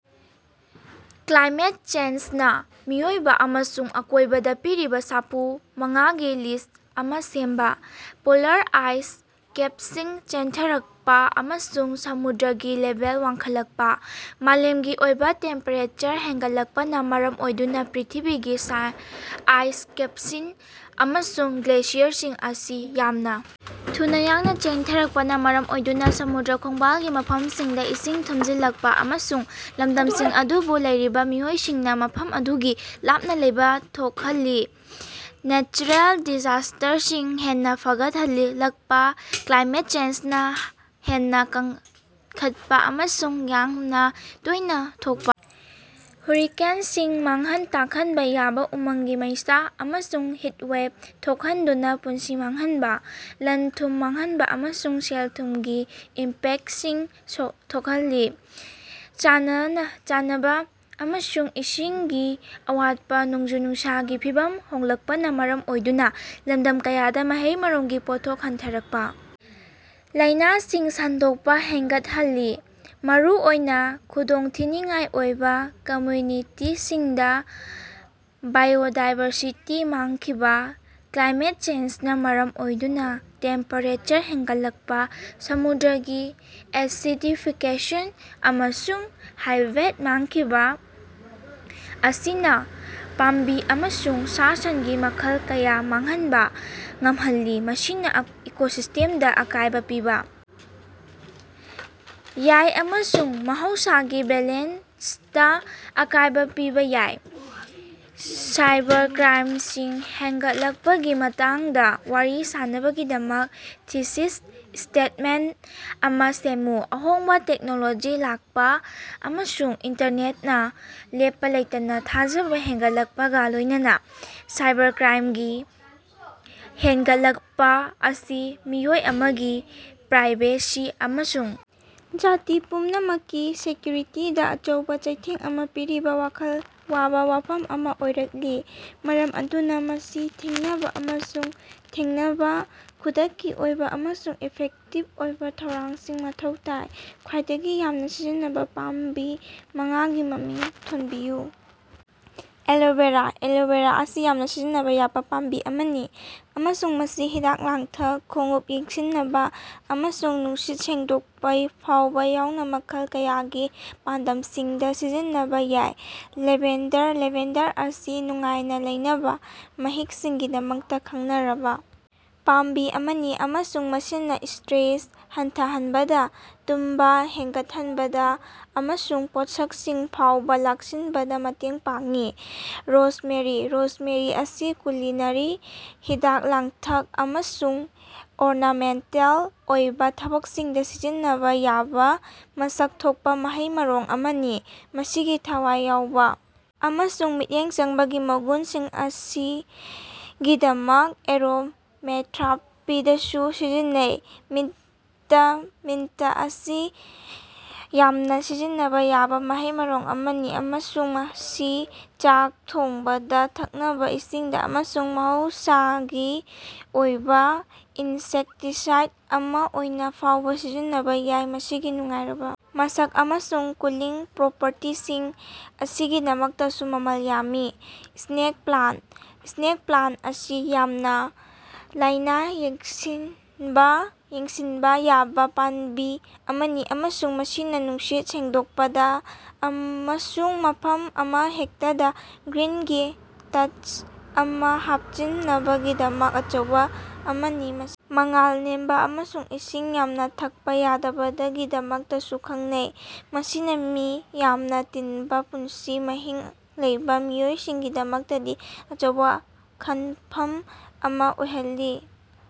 Climate ꯆꯦꯟꯖꯅꯥ ꯃꯤꯑꯣꯏꯕ ꯑꯃꯁꯨꯡ ꯑꯀꯣꯏꯕꯗꯥ ꯄꯤꯔꯤꯕ ꯁꯥꯐꯨ ꯃꯉꯥꯒꯤ ꯂꯤꯁ꯭ꯠ ꯑꯃ ꯁꯦꯝꯕ꯫ ꯄꯣꯂꯥꯔ ꯑꯥꯏꯁ ꯀꯦꯞꯁꯤꯡ ꯆꯦꯟꯊꯔꯛꯄ ꯑꯃꯁꯨꯡ ꯁꯃꯨꯗ꯭ꯔꯒꯤ ꯂꯦꯚꯦꯜ ꯋꯥꯡꯈꯠꯂꯛꯄ - ꯃꯥꯂꯦꯝꯒꯤ ꯑꯣꯏꯕ ꯇꯦꯝꯄꯦꯔꯦꯆꯔ ꯍꯦꯟꯒꯠꯂꯛꯄꯅ ꯃꯔꯝ ꯑꯣꯏꯗꯨꯅ ꯄ꯭ꯔꯤꯊꯤꯕꯤꯒꯤ ꯑꯥꯏꯁ ꯀꯦꯞꯁꯤꯡ ꯑꯃꯁꯨꯡ ꯒ꯭ꯂꯦꯁꯤꯌꯔꯁꯤꯡ ꯑꯁꯤ ꯌꯥꯝꯅ ꯊꯨꯅ ꯌꯥꯡꯅ ꯆꯦꯟꯊꯔꯛꯄꯅ ꯃꯔꯝ ꯑꯣꯏꯗꯨꯅ ꯁꯃꯨꯗ꯭ꯔ ꯈꯣꯡꯕꯥꯜꯒꯤ ꯃꯐꯝꯁꯤꯡꯗ ꯏꯁꯤꯡ ꯊꯨꯝꯖꯤꯜꯂꯛꯄ ꯑꯃꯁꯨꯡ ꯂꯝꯗꯝꯁꯤꯡ ꯑꯗꯨꯗ ꯂꯩꯔꯤꯕ ꯃꯤꯑꯣꯏꯁꯤꯡꯅ ꯃꯐꯝ ꯑꯗꯨꯗꯒꯤ ꯂꯥꯞꯅ ꯂꯩꯕ ꯊꯣꯛꯍꯜꯂꯤ꯫ ꯅꯦꯆꯔꯦꯜ ꯗꯤꯖꯥꯁ꯭ꯇꯔꯁꯤꯡ ꯍꯦꯟꯅ ꯐꯒꯠꯂꯛꯄ - ꯀ꯭ꯂꯥꯏꯃꯦꯠ ꯆꯦꯟꯖꯅꯥ ꯍꯦꯟꯅ ꯀꯟꯈꯠꯄ ꯑꯃꯁꯨꯡ ꯌꯥꯝꯅ ꯇꯣꯏꯅ ꯊꯣꯛꯄ ꯍꯨꯔꯤꯀꯦꯟꯁꯤꯡ, ꯃꯥꯡꯍꯟ ꯇꯥꯛꯍꯟꯕ ꯌꯥꯕ ꯎꯃꯪꯒꯤ ꯃꯩꯁꯥ, ꯑꯃꯁꯨꯡ ꯍꯤꯠ ꯋꯦꯚ ꯊꯣꯛꯍꯟꯗꯨꯅ ꯄꯨꯟꯁꯤ ꯃꯥꯡꯍꯟꯕ, ꯂꯟ-ꯊꯨꯝ ꯃꯥꯡꯍꯟꯕ ꯑꯃꯁꯨꯡ ꯁꯦꯜ-ꯊꯨꯝꯒꯤ ꯏꯝꯄꯦꯛꯇꯁꯤꯡ ꯊꯣꯛꯍꯜꯂꯤ꯫ ꯆꯥꯅꯕ ꯑꯃꯁꯨꯡ ꯏꯁꯤꯡꯒꯤ ꯑꯋꯥꯠꯄ - ꯅꯣꯡꯖꯨ-ꯅꯨꯡꯁꯥꯒꯤ ꯐꯤꯚꯝ ꯍꯣꯡꯂꯛꯄꯅꯥ ꯃꯔꯝ ꯑꯣꯏꯗꯨꯅ ꯂꯝꯗꯝ ꯀꯌꯥꯗ ꯃꯍꯩ-ꯃꯔꯣꯡꯒꯤ ꯄꯣꯠꯊꯣꯛ ꯍꯟꯊꯔꯛꯄ ꯂꯥꯏꯅꯥꯁꯤꯡ ꯁꯟꯗꯣꯛꯄ ꯍꯦꯟꯒꯠꯍꯜꯂꯤ, ꯃꯔꯨꯑꯣꯏꯅ ꯈꯨꯗꯣꯡꯊꯤꯅꯤꯉꯥꯏ ꯑꯣꯏꯕꯥ ꯀꯝꯃ꯭ꯌꯨꯅꯤꯇꯤꯁꯤꯡꯗ꯫ ꯕꯥꯏꯑꯣꯗꯥꯏꯕꯔꯁꯤꯇꯤ ꯃꯥꯡꯈꯤꯕ - ꯀ꯭ꯂꯥꯏꯃꯦꯠ ꯆꯦꯟꯖꯅꯥ ꯃꯔꯝ ꯑꯣꯏꯗꯨꯅ ꯇꯦꯝꯄꯦꯔꯦꯆꯔ ꯍꯦꯟꯒꯠꯂꯛꯄ, ꯁꯃꯨꯗ꯭ꯔꯒꯤ ꯑꯦꯁꯤꯗꯤꯐꯤꯀꯦꯁꯟ, ꯑꯃꯁꯨꯡ ꯍꯥꯏꯕꯦꯠ ꯃꯥꯡꯈꯤꯕ ꯑꯁꯤꯅ ꯄꯥꯝꯕꯤ ꯑꯃꯁꯨꯡ ꯁꯥ-ꯁꯟꯒꯤ ꯃꯈꯜ ꯀꯌꯥ ꯃꯥꯡꯍꯟꯕ ꯉꯝꯍꯜꯂꯤ, ꯃꯁꯤꯅ ꯏꯀꯣꯁꯤꯁꯇꯦꯝꯁꯤꯡꯗ ꯑꯀꯥꯏꯕ ꯄꯤꯕ ꯌꯥꯏ ꯑꯃꯁꯨꯡ ꯃꯍꯧꯁꯥꯒꯤ ꯕꯦꯂꯦꯟꯁꯇꯥ ꯑꯀꯥꯏꯕ ꯄꯤꯕ ꯌꯥꯏ꯫ ꯁꯥꯏꯕꯔꯀ꯭ꯔꯥꯏꯝꯁꯤꯡ ꯍꯦꯟꯒꯠꯂꯛꯄꯒꯤ ꯃꯇꯥꯡꯗ ꯋꯥꯔꯤ ꯁꯥꯅꯕꯒꯤꯗꯃꯛ ꯊꯤꯁꯤꯁ ꯁ꯭ꯇꯦꯠꯃꯦꯟꯇ ꯑꯃ ꯁꯦꯝꯃꯨ꯫ ꯑꯍꯣꯡꯕ ꯇꯦꯛꯅꯣꯂꯣꯖꯤ ꯂꯥꯛꯄ ꯑꯃꯁꯨꯡ ꯏꯟꯇꯔꯅꯦꯠꯇꯥ ꯂꯦꯞꯄ ꯂꯩꯇꯅꯥ ꯊꯥꯖꯕꯥ ꯍꯦꯟꯒꯠꯂꯛꯄꯒ ꯂꯣꯏꯅꯅꯥ, ꯁꯥꯏꯕꯔꯀ꯭ꯔꯥꯏꯝꯁꯤꯡ ꯍꯦꯟꯒꯠꯂꯛꯄꯥ ꯑꯁꯤ ꯃꯤꯑꯣꯏ ꯑꯃꯒꯤ ꯄ꯭ꯔꯥꯏꯚꯦꯁꯤ ꯑꯃꯁꯨꯡ ꯖꯥꯇꯤ ꯄꯨꯝꯅꯃꯛꯀꯤ ꯁꯦꯀ꯭ꯌꯨꯔꯤꯇꯤꯗ ꯑꯆꯧꯕ ꯆꯩꯊꯦꯡ ꯑꯃ ꯄꯤꯔꯤꯕ ꯋꯥꯈꯜ ꯋꯥꯕ ꯋꯥꯐꯝ ꯑꯃ ꯑꯣꯏꯔꯛꯂꯤ, ꯃꯔꯝ ꯑꯗꯨꯅ ꯃꯁꯤ ꯊꯤꯡꯅꯕ ꯑꯃꯁꯨꯡ ꯊꯦꯡꯅꯅꯕꯥ ꯈꯨꯗꯛꯀꯤ ꯑꯣꯏꯕ ꯑꯃꯁꯨꯡ ꯏꯐꯦꯛꯇꯤꯚ ꯑꯣꯏꯕ ꯊꯧꯔꯥꯡꯁꯤꯡ ꯃꯊꯧ ꯇꯥꯏ꯫ ꯈ꯭ꯋꯥꯏꯗꯒꯤ ꯌꯥꯝꯅ ꯁꯤꯖꯤꯟꯅꯕ ꯄꯥꯝꯕꯤ ꯃꯉꯥꯒꯤ ꯃꯃꯤꯡ ꯊꯣꯟꯕꯤꯌꯨ꯫ ꯑꯦꯂꯣꯚꯦꯔꯥ - ꯑꯦꯂꯣꯚꯦꯔꯥ ꯑꯁꯤ ꯌꯥꯝꯅ ꯁꯤꯖꯤꯟꯅꯕ ꯌꯥꯕ ꯄꯥꯝꯕꯤ ꯑꯃꯅꯤ ꯑꯃꯁꯨꯡ ꯃꯁꯤ ꯍꯤꯗꯥꯛ ꯂꯥꯡꯊꯛ, ꯈꯣꯡꯎꯞ ꯌꯦꯡꯁꯤꯅꯕꯥ, ꯑꯃꯁꯨꯡ ꯅꯨꯡꯁꯤꯠ ꯁꯦꯡꯗꯣꯛꯄ ꯐꯥꯎꯕ ꯌꯥꯎꯅ ꯃꯈꯜ ꯀꯌꯥꯒꯤ ꯄꯥꯟꯗꯝꯁꯤꯡꯗ ꯁꯤꯖꯤꯟꯅꯕ ꯌꯥꯏ꯫ ꯂꯦꯚꯦꯟꯗꯔ - ꯂꯦꯚꯦꯟꯗꯔ ꯑꯁꯤ ꯅꯨꯡꯉꯥꯏꯅ ꯂꯩꯅꯕꯥ ꯃꯍꯤꯛꯁꯤꯡꯒꯤꯗꯃꯛꯇ ꯈꯪꯅꯔꯕꯥ ꯄꯥꯝꯕꯤ ꯑꯃꯅꯤ ꯑꯃꯁꯨꯡ ꯃꯁꯤꯅ ꯁ꯭ꯇꯔꯦꯁ ꯍꯟꯊꯍꯟꯕꯗ, ꯇꯨꯝꯕ ꯍꯦꯟꯒꯠꯍꯟꯕꯗ ꯑꯃꯁꯨꯡ ꯄꯣꯠꯁꯛꯁꯤꯡ ꯐꯥꯎꯕ ꯂꯥꯛꯁꯤꯟꯕꯗꯥ ꯃꯇꯦꯡ ꯄꯥꯡꯏ꯫ ꯔꯣꯖꯃꯦꯔꯤ - ꯔꯣꯖꯃꯦꯔꯤ ꯑꯁꯤ ꯀꯨꯂꯤꯅꯔꯤ, ꯍꯤꯗꯥꯛ-ꯂꯥꯡꯊꯛ ꯑꯃꯁꯨꯡ ꯑꯣꯔꯅꯥꯃꯦꯟꯇꯦꯜ ꯑꯣꯏꯕ ꯊꯕꯛꯁꯤꯡꯗ ꯁꯤꯖꯤꯟꯅꯕꯥ ꯌꯥꯕ ꯃꯁꯛ ꯊꯣꯛꯄ ꯃꯍꯩ-ꯃꯔꯣꯡ ꯑꯃꯅꯤ꯫ ꯃꯁꯤꯒꯤ ꯊꯋꯥꯏ ꯌꯥꯎꯕ ꯑꯃꯁꯨꯡ ꯃꯤꯠꯌꯦꯡ ꯆꯪꯕꯒꯤ ꯃꯒꯨꯟꯁꯤꯡ ꯑꯁꯤꯒꯤꯗꯃꯛ ꯑꯦꯔꯣꯃꯥꯊꯦꯔꯥꯄꯤꯗꯁꯨ ꯁꯤꯖꯤꯟꯅꯩ꯫ ꯃꯤꯟꯇ - ꯃꯤꯟꯇ ꯑꯁꯤ ꯌꯥꯝꯅ ꯁꯤꯖꯤꯟꯅꯕꯥ ꯌꯥꯕ ꯃꯍꯩ-ꯃꯔꯣꯡ ꯑꯃꯅꯤ ꯑꯃꯁꯨꯡ ꯃꯁꯤ ꯆꯥꯛ ꯊꯣꯡꯕꯗ, ꯊꯛꯅꯕ ꯏꯁꯤꯡꯗ ꯑꯃꯁꯨꯡ ꯃꯍꯧꯁꯥꯒꯤ ꯑꯣꯏꯕ ꯏꯟꯁꯦꯛꯇꯤꯁꯥꯏꯗ ꯑꯃ ꯑꯣꯏꯅ ꯐꯥꯎꯕ ꯁꯤꯖꯤꯟꯅꯕꯥ ꯌꯥꯏ꯫ ꯃꯁꯤꯒꯤ ꯅꯨꯡꯉꯥꯏꯔꯕꯥ ꯃꯁꯛ ꯑꯃꯁꯨꯡ ꯀꯨꯂꯤꯡ ꯄ꯭ꯔꯣꯄꯔꯇꯤꯁꯤꯡ ꯑꯁꯤꯒꯤꯗꯃꯛꯇꯁꯨ ꯃꯃꯜ ꯌꯥꯝꯃꯤ꯫ ꯁ꯭ꯅꯦꯛ ꯄ꯭ꯂꯥꯟꯇ - ꯁ꯭ꯅꯦꯛ ꯄ꯭ꯂꯥꯟꯇ ꯑꯁꯤ ꯌꯥꯝꯅ ꯂꯥꯏꯅꯥ ꯌꯦꯡꯁꯤꯟꯕ ꯌꯥꯕ ꯄꯥꯝꯕꯤ ꯑꯃꯅꯤ ꯑꯃꯁꯨꯡ ꯃꯁꯤꯅ ꯅꯨꯡꯁꯤꯠ ꯁꯦꯡꯗꯣꯛꯄꯗ ꯑꯃꯁꯨꯡ ꯃꯐꯝ ꯑꯃꯍꯦꯛꯇꯗ ꯒ꯭ꯔꯤꯟꯒꯤ ꯇꯆ ꯑꯃ ꯍꯥꯞꯆꯤꯟꯅꯕꯒꯤꯗꯃꯛ ꯑꯆꯧꯕ ꯑꯃꯅꯤ꯫ ꯃꯁꯤ ꯃꯉꯥꯜ ꯅꯦꯝꯕ ꯑꯃꯁꯨꯡ ꯏꯁꯤꯡ ꯌꯥꯝꯅ ꯊꯛꯄ ꯌꯥꯗꯕꯒꯤꯗꯃꯛꯇꯁꯨ ꯈꯪꯅꯩ, ꯃꯁꯤꯅ ꯃꯤ ꯌꯥꯝꯅ ꯇꯤꯟꯕ ꯄꯨꯟꯁꯤ ꯃꯍꯤꯡ ꯂꯩꯕ ꯃꯤꯑꯣꯏꯁꯤꯡꯒꯤꯗꯃꯛꯇꯗꯤ ꯑꯆꯧꯕ ꯈꯟꯐꯝ ꯑꯃ ꯑꯣꯏꯍꯜꯂꯤ꯫